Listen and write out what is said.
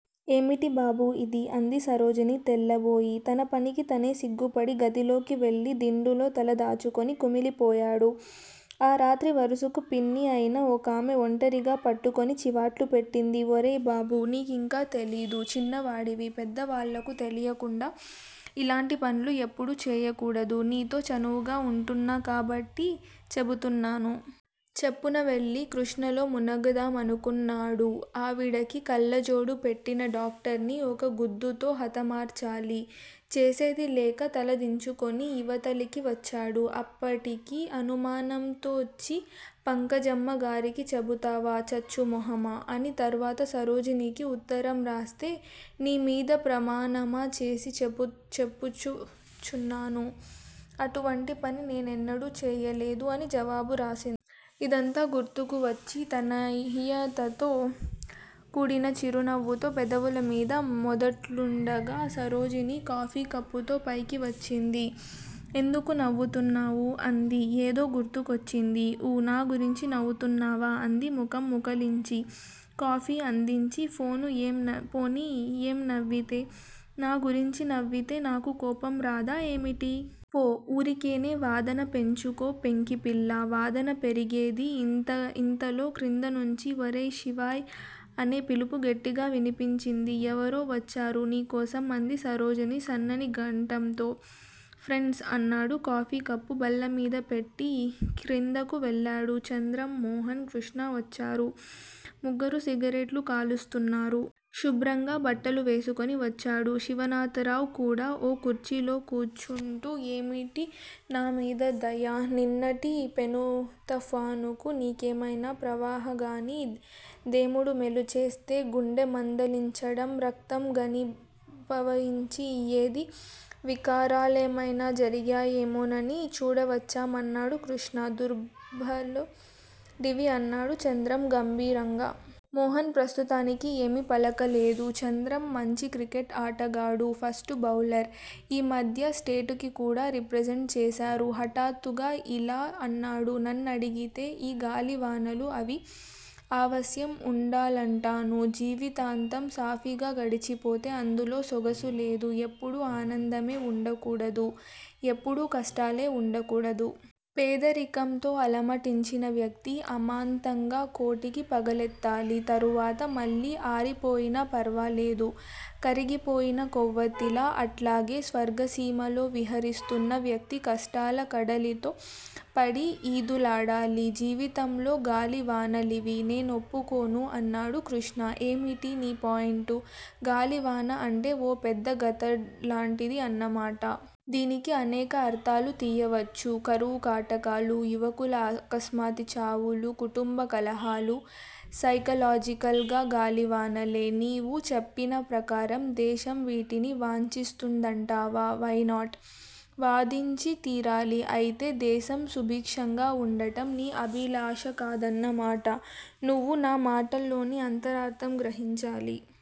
ఏమిటి బాబూ ఇది? అంది సరోజిని తెల్లబోయి. తన పనికి తనే సిగ్గుపడి గదిలోకి వెళ్ళి దిండులో తల దాచుకుని కుమిలి పోయాడు. ఆ రాత్రి వరుసకు పిన్ని అయిన ఒకామె ఒంటరిగా పట్టుకుని చివాట్లు పెట్టింది. ఒరేయి బాబూ! నీకింకా తెలీదు, చిన్నవాడివి పెద్దవాళ్ళకు తెలియకుండా ఇలాంటి పనులు ఎప్పుడూ చేయకూడదు నీతో చనువుగా వుంటాను కాబట్టి చెబుతున్నాను. చప్పున వెళ్ళి కృష్ణలో మునుగుదామనుకున్నాడు. ఆవిడకి కళ్ళజోడు పెట్టిన డాక్టర్ని ఒక్క గుద్దుతో హతమార్చాలి. చేసేదిలేక తల దించుకుని యివతలకి వచ్చాడు. అప్పటికి అనుమానంతోచి పంకజమ్మగారికి చెబుతావా చచ్చు మొహమా? అని తర్వాత సరోజినికి ఉత్తరం రాస్తే- నీమీద ప్రమాణము చేసి చెప్పుచున్నాను. అటువంటి పని నేనెన్నడూ చేయలేదు అని జవాబు రాసింది. ఇదంతా గుర్తుకువచ్చి తన్మయతతో కూడిన చిరునవ్వు పెదాలమీద మెదుల్తుండగా, సరోజిని కాఫీ కప్పుతో పైకి వచ్చింది. ఎందుకు నవ్వుతున్నావు? అంది. ఏదో గుర్తుకొచ్చింది. ఊఁ నాగురించే నవ్వుతున్నావు అంది ముఖం ముకుళించి, కాఫీ అందించి. పోనీ ఏం నవ్వితే? నా గురించి నవ్వితే నాకు కోపం రాధా ఏమిటి? పో, ఊరికినే వాదన పెంచకు పెంకిపిల్లా. వాదన పెరిగేదే, ఇంతలో క్రిందనుంచీ 'ఒరేయ్ శివాయ్' అనే పిలుపు గట్టిగా వినిపించింది. ఎవరో వచ్చారు నీకోసం అంది సరోజిని సన్నని కంఠంతో. ఫ్రెండ్స్ అన్నాడు కాఫీ కప్పు బల్లమీద పెట్టి క్రిందకు వెళ్ళాడు. చంద్రం, మోహన్, కృష్ణ వచ్చారు, ముగ్గురూ సిగరెట్లు కాలుస్తున్నారు. శుభ్రంగా బట్టలు వేసుకుని వచ్చారు. శివనాథరావు కూడా ఓ కుర్చీలోకూర్చుంటూ 'ఏమిటి నామీద దయ? ' నిన్నటి పెనుతుఫాన్ కు నీకేమైనా ప్రాణహానిగానీ, దేముడు మేలుచేస్తే గుండె మందగించడం, రక్తం ఘనీభవించడం యిత్యాది వికారాలేమైనా జరిగినయ్యేమోనని చూడవచ్చాం అన్నాడు కృష్ణ. దుర్భలుడివి అన్నాడు చంద్రం గంభీరంగా. మోహన్ ప్రస్తుతానికి ఏమీ పలకలేదు. చంద్రం మంచి క్రికెట్ ఆటగాడు. First bowler. ఈమధ్య స్టేట్ కి కూడా రిప్రజెంట్ చేశాడు. హఠాత్తుగా ఇలా అన్నాడు. నన్నడిగితే యీ గాలివానలూ అవి ఆవశ్యం ఉందాలంటాను. జీవితమంతా సాఫీగా గడిచిపోతే అందులో సొగసులేదు. ఎప్పుడూ ఆనందమే వుండకూడదు, ఎప్పుడూ కష్టాలే వుండకూడదు. పేదరికంతో అలమటించిన వ్యక్తి అమాంతంగా కోటికి పడగలెత్తాలి. తరువాత మళ్ళీ ఆరిపోయిన ఫర్వాలేదు. కరిగిపోయిన కొవ్వొత్తిలా. అట్లాగే స్వర్గసీమలో విహరిస్తూన్న వ్యక్తి కష్టాల కడలిలో పడి యీదులాడాలి. జీవితంలో గాలివానలివే. నేనొప్పుకోను అన్నాడు క్రిష్ణ. ఏమిటి నీ పాయింటు? గాలివాన అంటే ఓ పెద్ద ఘతంలాంటిది అన్నమాట. దీనికి అనేక అర్ధాలు తీయవచ్చు. కరువుకాటకాలు, యువకుల ఆకస్మిక చావులు, కుటుంబ కలహాలు సైకలాజికల్ గా గాలివానలే. నీవు చెప్పినప్రకారం దేశం వీటిని వాంఛిస్తున్నదంటావా? వైనాట్? వాంఛించి తీరాలి. అయితే దేశం సుభిక్షంగా వుండడం నీ అభిలాష కాదన్న మాట. నువ్వు నా మాటల్లోని అంతరార్ధం గ్రహించాలి.